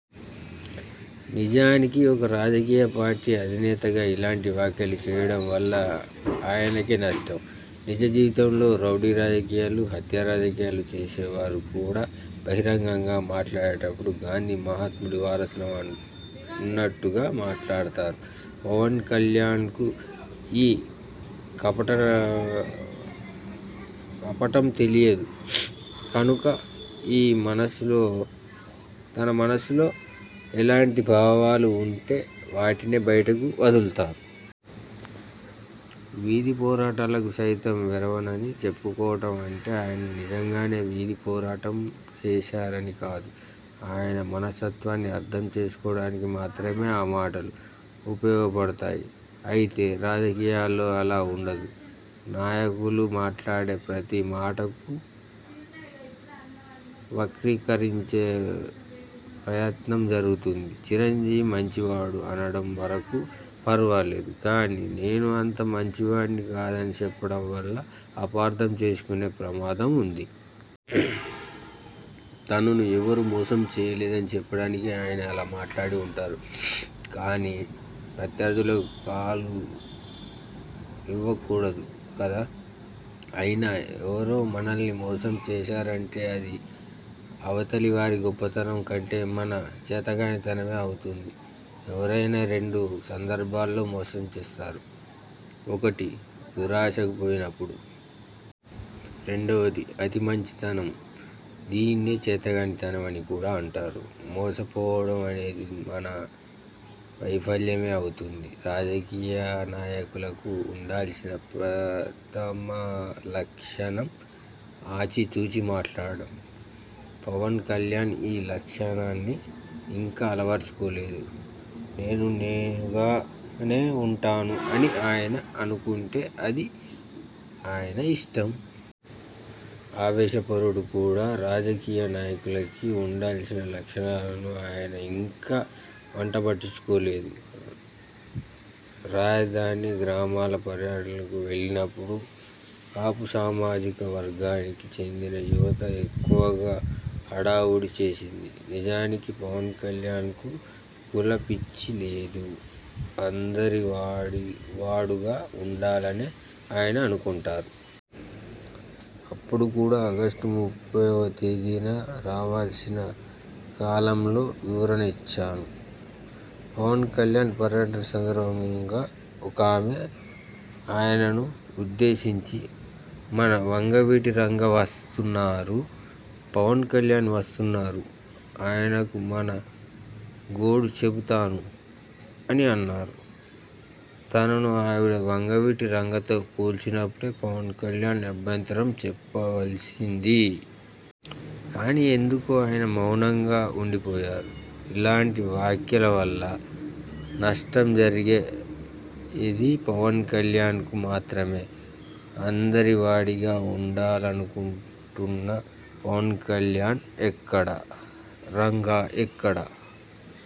నిజానికి ఒక రాజకీయ పార్టీ అధినేతగా ఇలాంటి వ్యాఖ్యలు చేయడం వల్ల ఆయనకే నష్టం. నిజ జీవితంలో రౌడీ రాజకీయాలు, హత్యా రాజకీయాలు చేసేవారు కూడా బహిరంగంగా మాట్లాడేటప్పుడు గాంధీ మహాత్ముడి వారసులం అన్నట్టుగా మాట్లాడతారు. పవన్ కల్యాణ్కు ఈ కపట కపటం తెలియదు కనుక ఈ మనసులో తన మనస్సులో ఎలాంటి భావాలు ఉంటే వాటినే బయటకు వదులుతారు. వీధి పోరాటాలకు సైతం వెరవనని చెప్పుకోవడం అంటే ఆయన నిజంగానే వీధి పోరాటం చేస్తారని కాదు. ఆయన మనస్తత్వాన్ని అర్థం చేసుకోవడానికి మాత్రమే ఆ మాటలు ఉపయోగపడతాయి. అయితే రాజకీయాలలో అలా ఉండదు. నాయకులు మాట్లాడే ప్రతీ మాటను వక్రీకరించే ప్రయత్నం జరుగుతుంది. చిరంజీవి మంచివాడు అనడం వరకు ఫర్వాలేదు గానీ, నేను అంత మంచివాడిని కాదని చెప్పడం వల్ల అపార్థం చేసుకునే ప్రమాదం ఉంది. తనను ఎవరూ మోసం చేయలేరని చెప్పడానికి ఆయన అలా మాట్లాడి ఉంటారు. కానీ ప్రత్యర్థులకు కాలు ఇవ్వకూడదు కదా! అయినా ఎవరో మనల్ని మోసం చేశారంటే అది అవతలివారి గొప్పతనం కంటే మన చేతకానితనమే అవుతుంది. ఎవరైనా రెండు సందర్భాలలో మోసం చేస్తారు. ఒకటి, దురాశకు పోయినప్పుడు. రెండవది, అతి మంచితనం. దీన్నే చేతకానితనం అని కూడా అంటారు. మోసపోవడం అనేది మన వైఫల్యమే అవుతుంది. రాజకీయ నాయకులకు ఉండాల్సిన ప్రథమ లక్షణం ఆచి తూచి మాట్లాడటం! పవన్ కల్యాణ్ ఈ లక్షణాన్ని ఇంకా అలవర్చుకోలేదు. నేను నేనుగానే ఉంటాను అని ఆయన అనుకుంటే అది ఆయన ఇష్టం! ఆవేశపరుడు కూడా. రాజకీయ నాయకుడికి ఉండవలసిన లక్షణాలను ఆయన ఇంకా వంట బట్టించుకోలేదు. రాజధాని గ్రామాల పర్యటనకు వెళ్లినప్పుడు కాపు సామాజిక వర్గానికి చెందిన యువత ఎక్కువగా హడావుడి చేసింది. నిజానికి పవన్ కల్యాణ్కు కుల పిచ్చి లేదు. అందరి వాడువాడుగా ఉండాలనే ఆయన కోరుకుంటారు. అప్పుడు కూడా, ఆగస్టు ముప్పైవ తేదీన రాసిన కాలమ్లో వివరణ ఇచ్చాను. ''పవన్ కల్యాణ్ పర్యటన సందర్భంగా ఒకామె ఆయనను ఉద్దేశించి, 'మన వంగవీటి రంగా వస్తున్నారు. పవన్ కల్యాణ్ వస్తున్నారు. ఆయనకు మన గోడు చెబుతాను' అని అన్నారు. తనను ఆవిడ వంగవీటి రంగాతో పోల్చినప్పుడే పవన్ కల్యాణ్ అభ్యంతరం చెప్పవలసింది. కానీ ఎందుకో ఆయన మౌనంగా ఉండిపోయారు. ఇలాంటి వ్యాఖ్యల వల్ల నష్టం జరిగేది పవన్ కల్యాణ్కు మాత్రమే! అందరి వాడిగా ఉండాలనుకుంటున్న పవన్ కల్యాణ్ ఎక్కడ? రంగా ఎక్కడ?